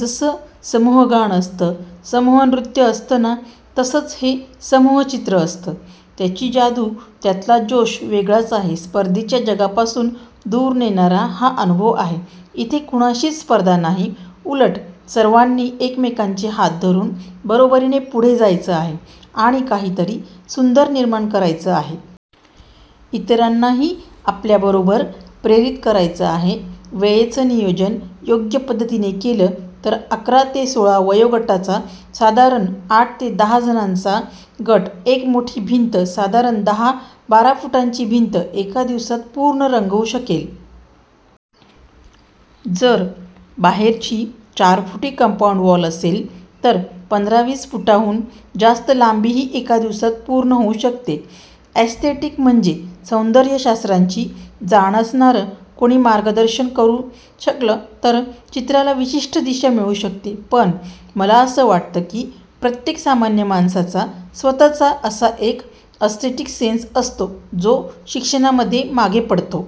जसं समूहगान असतं, समूहनृत्य असतं ना, तसंच हे समूहचित्र असतं. त्याची जादू, त्यातला जोश वेगळाच आहे. स्पर्धेच्या जगापासून दूर नेणारा हा अनुभव आहे. इथे कोणाशीच स्पर्धा नाही, उलट सर्वांनी एकमेकांचे हात धरून बरोबरीनं पुढे जायचं आहे आणि काहीतरी सुंदर निर्माण करायचं आहे. इतरांनाही आपल्याबरोबर प्रेरित करायचं आहे. वेळेचं नियोजन योग्य पद्धतीने केलं तर अकरा ते सोळा वयोगटाचा साधारण आठ ते दहा जणांचा गट एक मोठी भिंत- साधारण दहा-बारा फूटांची भिंत, एका दिवसात पूर्ण रंगवू शकेल. जर बाहेरची चार फुटी कम्पाउंड वॉल असेल तर पंधरा-वीस फुटांहून जास्त लांबीही एका दिवसात पूर्ण होऊ शकते. एस्थेटिक म्हणजे सौंदर्यशास्त्राची जाण असणारं कोणी मार्गदर्शन करू शकलं तर चित्राला विशिष्ट दिशा मिळू शकते. पण मला असं वाटतं की प्रत्येक सामान्य माणसाचा स्वतःचा असा एक एस्थेटिक सेन्स असतो, जो शिक्षणामध्ये मागे पडतो.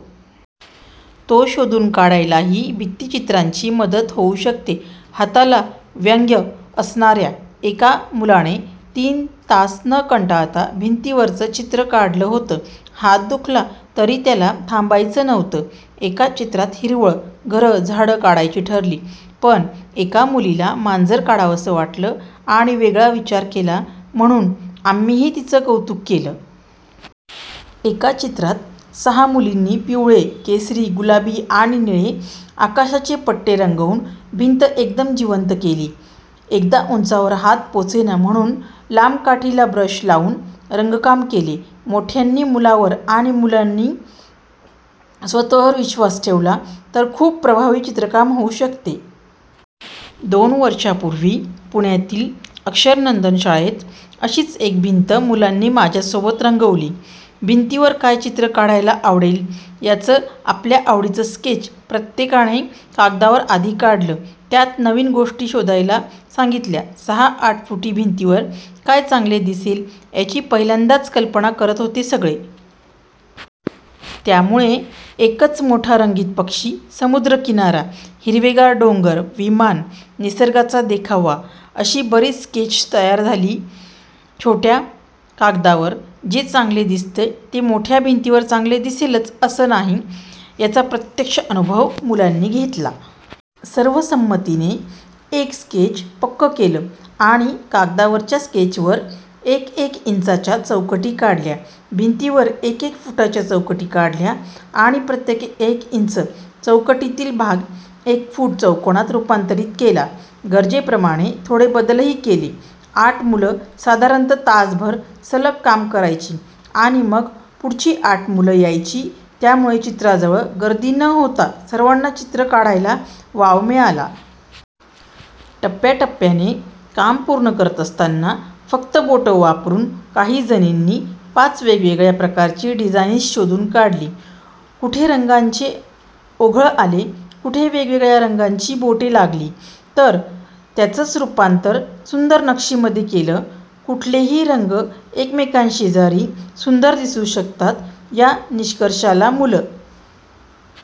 तो शोधून काढायलाही भित्तीचित्रांची मदत होऊ शकते. हाताला व्यंग असणाऱ्या एका मुलाने तीन तास न कंटाळता भिंतीवरचं चित्र काढलं होतं. हात दुखला तरी त्याला थांबायचं नव्हतं. एका चित्रात हिरवळ, घर, झाडं काढायची ठरली, पण एका मुलीला मांजर काढावसं वाटलं आणि वेगळा विचार केला म्हणून आम्हीही तिचं कौतुक केलं. एका चित्रात सहा मुलींनी पिवळे, केशरी, गुलाबी आणि निळे आकाशाचे पट्टे रंगवून भिंत एकदम जिवंत केली. एकदा उंचावर हात पोचेना म्हणून लांब काठीला ब्रश लावून रंगकाम केलं. मोठ्यांनी मुलांवर आणि मुलांनी स्वतःवर विश्वास ठेवला, तर खूप प्रभावी चित्रकाम होऊ शकतं. दोन वर्षांपूर्वी पुण्यातील 'अक्षरनंदन' शाळेत अशीच एक भिंत मुलांनी माझ्यासोबत रंगवली. भिंतीवर काय चित्र काढायला आवडेल याचं आपल्या आवडीचं स्केच प्रत्येकाने कागदावर आधी काढलं. त्यात नवीन गोष्टी शोधायला सांगितल्या. सहा-आठ फुटी भिंतीवर काय चांगलं दिसेल याची पहिल्यांदाच कल्पना करत होते सगळे. त्यामुळे एकच मोठा रंगीत पक्षी, समुद्रकिनारा, हिरवेगार डोंगर, विमान, निसर्गाचा देखावा अशी बरीच स्केचेस तयार झाली. छोट्या कागदावर जे चांगलं दिसतं ते मोठ्या भिंतीवर चांगलं दिसेलच असं नाही, याचा प्रत्यक्ष अनुभव मुलांनी घेतला. सर्वसंमतीने एक स्केच पक्कं केलं आणि कागदावरच्या स्केचवर एक-एक इंचाच्या चौकटी काढल्या. भिंतीवर एक-एक फुटाच्या चौकटी काढल्या आणि प्रत्येक एक इंच चौकटीतील भाग एका फुट चौकोनात रूपांतरित केला. गरजेप्रमाणे थोडे बदलही केले. आठ मुलं साधारण तासभर सलग काम करायची आणि मग पुढची आठ मुलं यायची, त्यामुळे चित्राजवळ गर्दी न होता सर्वांना चित्र काढायला वाव मिळाला. टप्प्याटप्प्याने काम पूर्ण करताना फक्त बोटं वापरून काहीजणींनी पाच वेगवेगळ्या प्रकारची डिझाईन्स शोधून काढली. कुठे रंगाचे ओघळ आले, कुठे वेगळ्या रंगाची बोटं लागली तर त्याचंच रूपांतर सुंदर नक्षीमध्ये केलं. कुठलेही रंग एकमेकांशेजारी सुंदर दिसू शकतात, या निष्कर्षाला मुलं